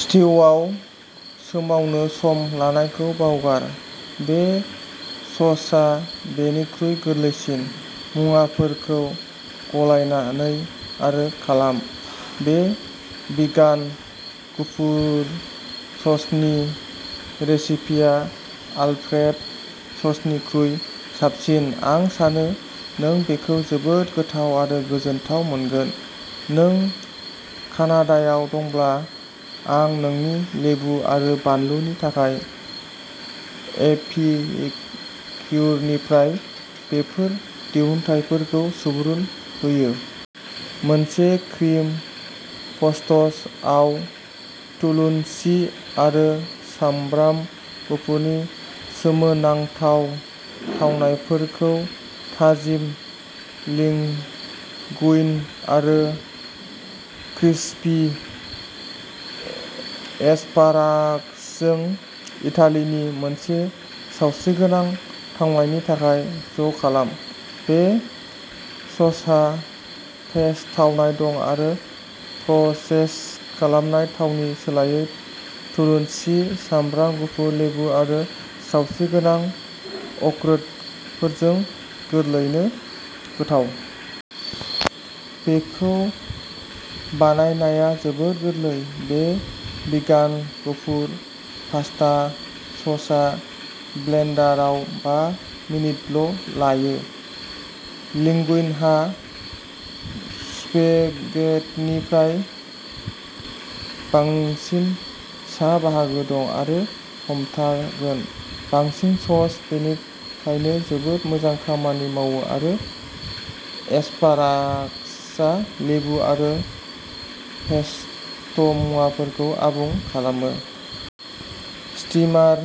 स्ट'वआव सोमावनो सम लानायखौ बावगार, बे ससआ बेनिख्रुइ गोरलैसिन, मुवाफोरखौ गलायनानै, आरो खालाम। बे भिगान गुफुर ससनि रेसिपिया आलप्रेड' ससनिख्रुइ साबसिन, आं सानो नों बेखौ जोबोद गोथाव आरो गोजोनथाव मोनगोन। नों कानाडायाव दंब्ला आं नोंनि लेबु आरो बानलुनि थाखाय, एपिक्युरनिफ्राय बेफोर दिहुनथायफोरखौ सुबुरुन होयो। मोनसे क्रिम पस्ट'स आव थुलुनसि आरो सामब्राम गुफुरनि सोमोनांथाव थावनायफोरखौ, थाजिम लिंगुइन आरो क्रिस्पि एस्पारागासजों, इटालीनि मोनसे सावस्रिगोनां थावनायनि थाखाय ज'खालाम। बे ससहा पेस्ट थावनाय दं आरो प्रसेस खालामनाय थावनि सोलायै थुलुनसि, सामब्राम गुफुर, लेबु आरो सावस्रिगोनां अखरोटफोरजों गोरलैयैनो गोथाव। बेखौ बानायनाया जोबोद गोरलै, बे भिगान गुफुर पास्ता ससआ ब्लेन्डाराव बा मिनिटल' लायो। लिंगुइनहा स्पेगेटिनिख्रुइ बांसिन सा बाहागो दं, आरो हमथागोन। बांसिन सस, बेनिखायनो जोबोद मोजां खामानि मावो आरो एस्पारागासआ लेबु आरो पेस्ट'मुवाफोरखौ आबुं खालामो। स्टीमार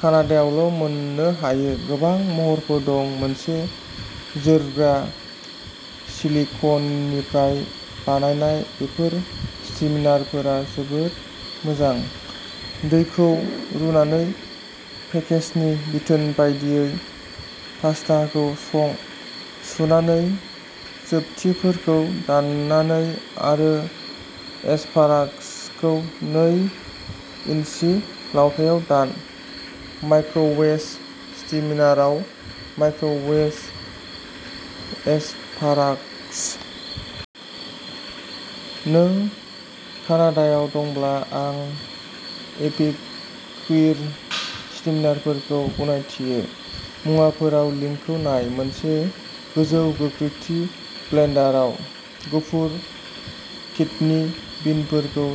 कानाडायावल'मोननो हायो। गोबां महरफोर दं, मोनसे जोरग्रा सिलिक'ननिफ्राय बानायनाय, बेफोर स्टीमारफोरा जोबोद मोजां। दैखौ रुनानै पेकेजनि बिथोन बायदियै पास्टाखौ सं। सुनानै, जोबथिफोरखौ दाननानै, आरो एस्पारागासखौ नै इन्सि लावथाइआव दान। माइक्र'वेभ स्टीमाराव माइक्र'वेभ एस्पारागस। नों कानाडायाव दंब्ला, आं एपिक्युर स्टीमारफोरखौ गनायथियो। मुवाफोराव लिंकखौ नाय। मोनसे गोजौ गोख्रैथि ब्लेन्डाराव, गुफुर किडनि बिनफोरखौ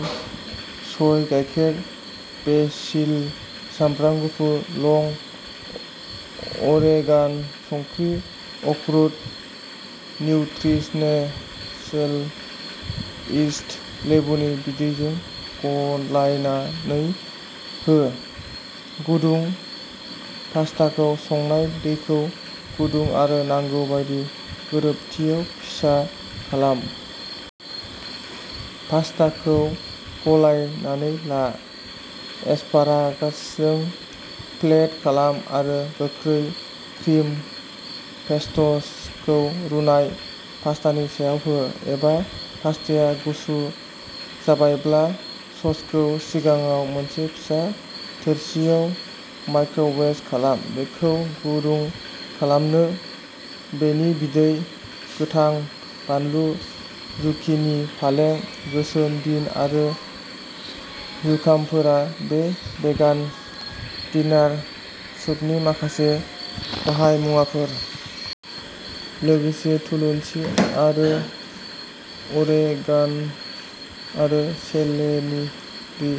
सय गायखेर, बेसिल, सामब्राम गुफुर लं, अरेगान', संख्रि, अखरोट, निउत्रिसनेल इस्ट, लेबुनि बिदैजों गलायनानै हो। गुदुं पास्टाखौ संनाय दैखौ गुदुं आरो नांगौबादि गोरोबथियाव फिसा खालाम। पास्टाखौ गलायनानै ला, एस्पारागासजों प्लेट खालाम, आरो गोख्रै क्रिम पेस्ट'सखौ रुनाय पास्टानि सायाव हो। एबा, पास्टाया गुसु जाबायब्ला, ससखौ सिगाङाव मोनसे फिसा थोरसिआव माइक्र'वेस खालाम, बेखौ गुदुं खालामनो, बेनि बिदै, गोथां बानलु, जुकिनि, फालें, गोसोम बिन आरो जुखामफोरा बे भेगान डिनार सुपनि माखासे गाहाय मुवाफोर। लोगोसे थुलुनसि, आरो अरेगान'आरो सेलेरि,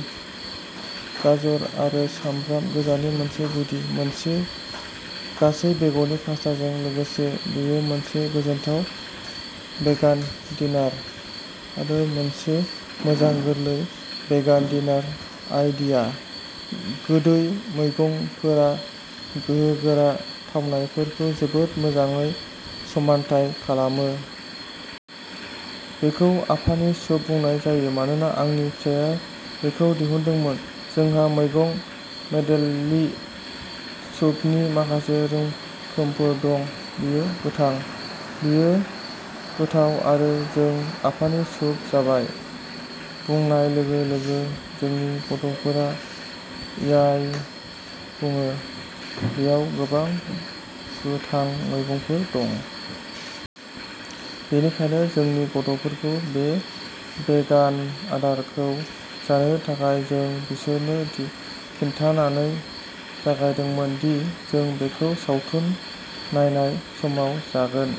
गाजर आरो सामब्राम गोजानि मोनसे गुदि। मोनसे गासै बेगरनि पास्ताजों लोगोसे, बेयो मोनसे गोजोनथाव भेगान डिनर, आरो मोनसे मोजां गोरलै भेगान डिनार आइडिया। गोदै मैगंफोरा गोहोगोरा थावनायफोरखौ जोबोद मोजाङै समानथाय खालामो। बेखौ आफानि सुप बुंनाय जायो मानोना आंनि फिसाया बेखौ दिहुनदोंमोन। जोंहा मैगं मेडलि सुपनि माखासे रोखोमफोर दं, बेयो गोथां। बेयो गोथाव, आरो जों "आफानि सुप जाबाय!" बुंनाय लोगो-लोगो जोंनि गथ'फोरा "याय!" बुङो। बेयाव गोबां गोथां मैगंफोर दं। बेनिखायनो जोंनि गथ'फोरखौ बे भेगान आदारखौ जानो थाखाय जों बिसोरनो खिन्थानानै जागायदोंमोन दि जों बेखौ सावथुन नायनाय समाव जागोन।